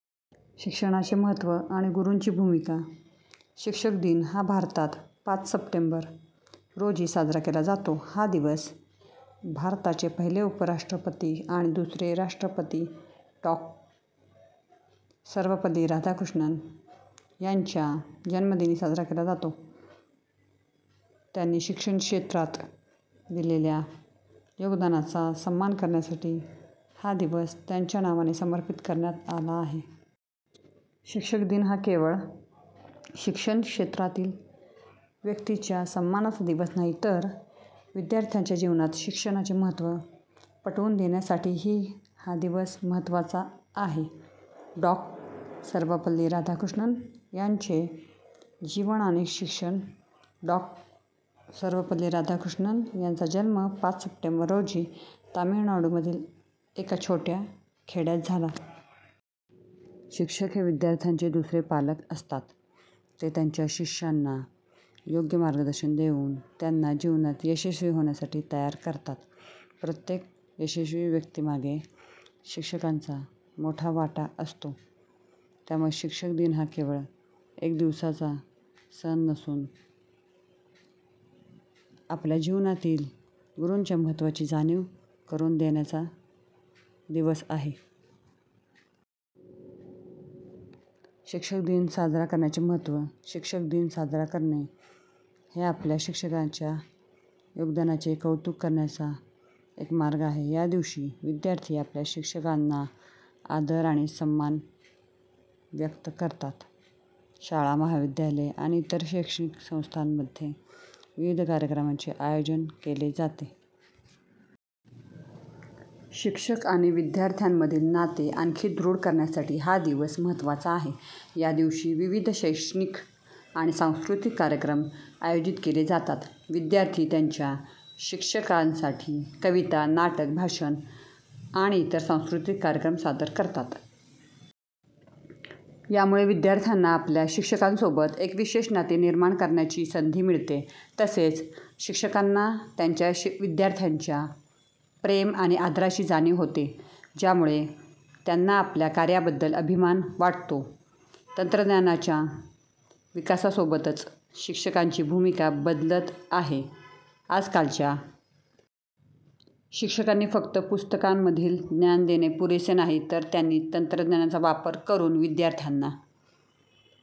शिक्षणाचे महत्त्व आणि गुरूंची भूमिका, शिक्षक दिन हा भारतात पाच सप्टेंबर रोजी साजरा केला जातो. हा दिवस भारताचे पहिले उपराष्ट्रपती आणि दुसरे राष्ट्रपती डॉ. सर्वपल्ली राधाकृष्णन यांच्या जन्मदिनी साजरा केला जातो. त्यांनी शिक्षण क्षेत्रात दिलेल्या योगदानाचा सन्मान करण्यासाठी हा दिवस त्यांच्या नावाने समर्पित करण्यात आला आहे. शिक्षक दिन हा केवळ शिक्षण क्षेत्रातील व्यक्तींच्या सन्मानाचा दिवस नाही, तर विद्यार्थ्यांच्या जीवनात शिक्षणाचे महत्त्व पटवून देण्यासाठीही हा दिवस महत्त्वाचा आहे. डॉ. सर्वपल्ली राधाकृष्णन यांचे जीवन आणि शिक्षण, डॉ. सर्वपल्ली राधाकृष्णन यांचा जन्म पाच सप्टेंबर रोजी तमिळनाडूमधील एका छोट्या खेड्यात झाला. शिक्षक हे विद्यार्थ्यांचे दुसरे पालक असतात. ते त्यांच्या शिष्यांना योग्य मार्गदर्शन देऊन त्यांना जीवनात यशस्वी होण्यासाठी तयार करतात. प्रत्येक यशस्वी व्यक्तीमागे शिक्षकांचा मोठा वाटा असतो. त्यामुळे शिक्षक दिन हा केवळ एक दिवसाचा सण नसून, आपल्या जीवनातील गुरूंच्या महत्त्वाची जाणीव करून देण्याचा दिवस आहे. शिक्षक दिन साजरा करण्याचे महत्त्व, शिक्षक दिन साजरा करणे हे आपल्या शिक्षकांच्या योगदानाचे कौतुक करण्याचा एक मार्ग आहे. या दिवशी विद्यार्थी आपल्या शिक्षकांना आदर आणि सन्मान व्यक्त करतात. शाळा, महाविद्यालये आणि इतर शैक्षणिक संस्थांमध्ये विविध कार्यक्रमांचे आयोजन केले जाते. शिक्षक आणि विद्यार्थ्यांमधील नाते आणखी दृढ करण्यासाठी हा दिवस महत्त्वाचा आहे. या दिवशी विविध शैक्षणिक आणि सांस्कृतिक कार्यक्रम आयोजित केले जातात. विद्यार्थी त्यांच्या शिक्षकांसाठी कविता, नाटक, भाषण, आणि इतर सांस्कृतिक कार्यक्रम सादर करतात. यामुळे विद्यार्थ्यांना आपल्या शिक्षकांसोबत एक विशेष नाते निर्माण करण्याची संधी मिळते. तसेच, शिक्षकांना त्यांच्या विद्यार्थ्यांच्या प्रेम आणि आदराची जाणीव होते, ज्यामुळे त्यांना आपल्या कार्याबद्दल अभिमान वाटतो. तंत्रज्ञानाच्या विकासासोबतच शिक्षकांची भूमिका बदलत आहे. आजकालच्या शिक्षकांनी फक्त पुस्तकांमधील ज्ञान देणे पुरेसे नाही, तर त्यांनी तंत्रज्ञानाचा वापर करून विद्यार्थ्यांना